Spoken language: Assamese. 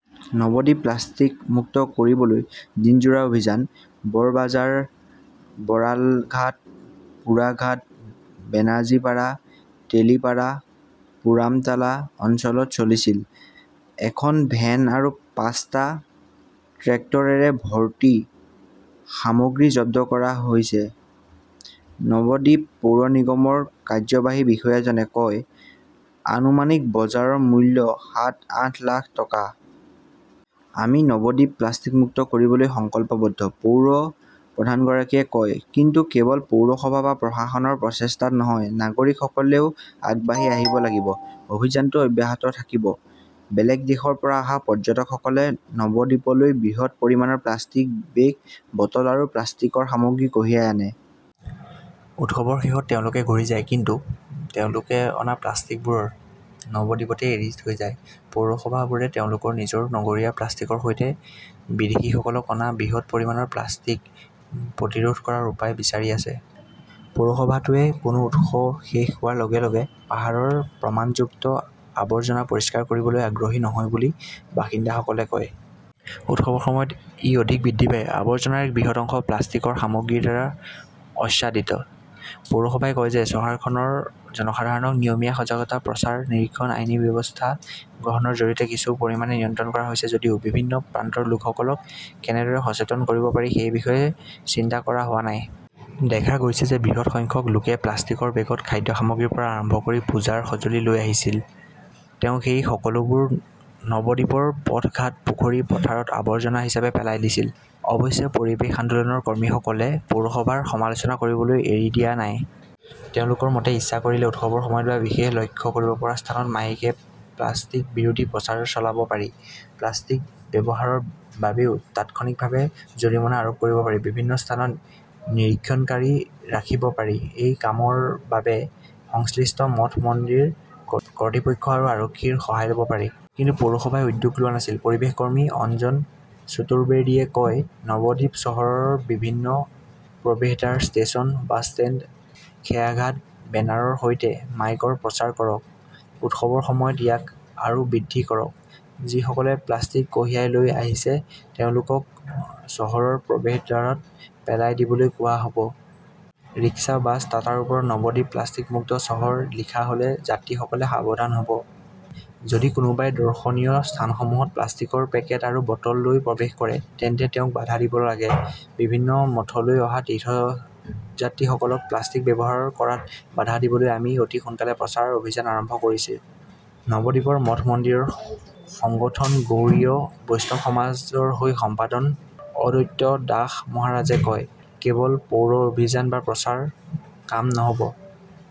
নবদ্বীপ প্লাষ্টিক মুক্ত কৰিবলৈ দিনজোৰা অভিযান বৰবাজাৰ, বৰালঘাট, পোৰাঘাট, বেনাৰ্জীপাড়া, তেলিপাড়া, পোৰামতলা অঞ্চলত চলিছিল। এখন ভেন আৰু পাঁচটা ট্ৰেক্টৰেৰে ভৰ্তি সামগ্ৰী জব্দ কৰা হৈছে, নৱদ্বীপ পৌৰ নিগমৰ কাৰ্যবাহী বিষয়াজনে কয়। আনুমানিক বজাৰ মূল্য সাত-আঠ লাখ টকা। আমি নৱদ্বীপ প্লাষ্টিক মুক্ত কৰিবলৈ সংকল্পবদ্ধ, পৌৰ প্ৰধানগৰাকীয়ে কয়। কিন্তু কেৱল পৌৰসভা বা প্ৰশাসনৰ প্ৰচেষ্টাত নহয়, নাগৰিকসকলেও আগবাঢ়ি আহিব লাগিব। অভিযানটো অব্যাহত থাকিব। বেলেগ দেশৰ পৰা অহা পৰ্যটকসকলে নৱদ্বীপলৈ বৃহৎ পৰিমাণৰ প্লাষ্টিকৰ বেগ, বটল আৰু প্লাষ্টিকৰ সামগ্ৰী কঢ়িয়াই আনে। উৎসৱৰ শেষত তেওঁলোকে ঘূৰি যায় কিন্তু তেওঁলোকে অনা প্লাষ্টিকবোৰ নৱদ্বীপতে এৰি থৈ যায়। পৌৰসভাবোৰে তেওঁলোকৰ নিজৰ নগৰীয়া প্লাষ্টিকৰ লগতে বিদেশীসকলক অনা বৃহৎ পৰিমাণৰ প্লাষ্টিক প্ৰতিৰোধ কৰাৰ উপায় বিচাৰি আছে। পৌৰসভাটোৱে কোনো উৎসৱ শেষ হোৱাৰ লগে লগে পাহাৰৰ প্ৰমাণযুক্ত আৱৰ্জনা পৰিষ্কাৰ কৰিবলৈ আগ্ৰহী নহয় বুলি বাসিন্দাসকলে কয়। উৎসৱৰ সময়ত ই অধিক বৃদ্ধি পায়। আৱৰ্জনাৰ এক বৃহৎ অংশ প্লাষ্টিকৰ সামগ্ৰীৰ দ্বাৰা আচ্ছাদিত। পৌৰসভাই কয় যে চহৰখনৰ জনসাধাৰণক নিয়মীয়া সজাগতা প্ৰচাৰ, নিৰীক্ষণ, আইনী ব্যৱস্থা গ্ৰহণৰ জৰিয়তে কিছু পৰিমাণে নিয়ন্ত্ৰণ কৰা হৈছে যদিও বিভিন্ন প্ৰান্তৰ লোকসকলক কেনেদৰে সচেতন কৰিব পাৰি সেই বিষয়ে চিন্তা কৰা হোৱা নাই। দেখা গৈছে যে বৃহৎ সংখ্যক লোকে প্লাষ্টিকৰ বেগত খাদ্য সামগ্ৰীৰ পৰা আৰম্ভ কৰি পূজাৰ সঁজুলি লৈ আহিছিল। তেওঁ এই সকলোবোৰ নৱদ্বীপৰ পথ-ঘাট-পুখুৰী-পথাৰত আৱৰ্জনা হিচাপে পেলাই দিছিল। অৱশ্যে, পৰিৱেশ আন্দোলনৰ কৰ্মীসকলে পৌৰসভাৰ সমালোচনা কৰিবলৈ এৰি দিয়া নাই। তেওঁলোকৰ মতে, ইচ্ছা কৰিলে উৎসৱৰ সময়ত বা বিশেষ লক্ষ্য কৰিব পৰা স্থানত মাইকে প্লাষ্টিক বিৰোধী প্ৰচাৰ চলাব পাৰি। প্লাষ্টিক ব্যৱহাৰৰ বাবেও তাৎক্ষণিকভাৱে জৰিমনা আৰোপ কৰিব পাৰি। বিভিন্ন স্থানত নিৰীক্ষণকাৰী ৰাখিব পাৰি। সেই কামৰ বাবে সংশ্লিষ্ট মঠ-মন্দিৰ কৰ্তৃপক্ষ আৰু আৰক্ষীৰ সহায় ল'ব পাৰি। কিন্তু পৌৰসভাই উদ্যোগ লোৱা নাছিল। পৰিৱেশ কৰ্মী অঞ্জন চতুৰ্বেদীয়ে কয়, নৱদ্বীপ চহৰৰ বিভিন্ন প্ৰৱেশদ্বাৰ, ষ্টেচন, বাছষ্টেণ্ড, খেয়াঘাটত বেনাৰৰ সৈতে মাইকৰ প্ৰচাৰ কৰক। উৎসৱৰ সময়ত ইয়াক আৰু বৃদ্ধি কৰক। যিসকলে প্লাষ্টিক কঢ়িয়াই লৈ আহিছে তেওঁলোকক চহৰৰ প্ৰৱেশদ্বাৰত পেলাই দিবলৈ কোৱা হ'ব। ৰিক্সা, বাছ, টাটাৰ ওপৰত 'নৱদ্বীপ প্লাষ্টিক মুক্ত চহৰ' লিখা হ'লে যাত্ৰীসকলে সাৱধান হ'ব। যদি কোনোবাই দৰ্শনীয় স্থানসমূহত প্লাষ্টিকৰ পেকেট আৰু বটল লৈ প্ৰৱেশ কৰে তেন্তে তেওঁক বাধা দিব লাগে। বিভিন্ন মঠলৈ অহা তীৰ্থযাত্ৰীসকলক প্লাষ্টিক ব্যৱহাৰ কৰাত বাধা দিবলৈ আমি অতি সোনকালে প্ৰচাৰ অভিযান আৰম্ভ কৰিছ, নৱদ্বীপৰ মঠ মন্দিৰৰ সংগঠন গৌড়ীয় বৈষ্ণৱ সমাজৰ হৈ সম্পাদক অদ্বৈত দাস মহাৰাজে কয়। ""কেৱল পৌৰ অভিযান বা প্ৰচাৰত কাম নহ'ব।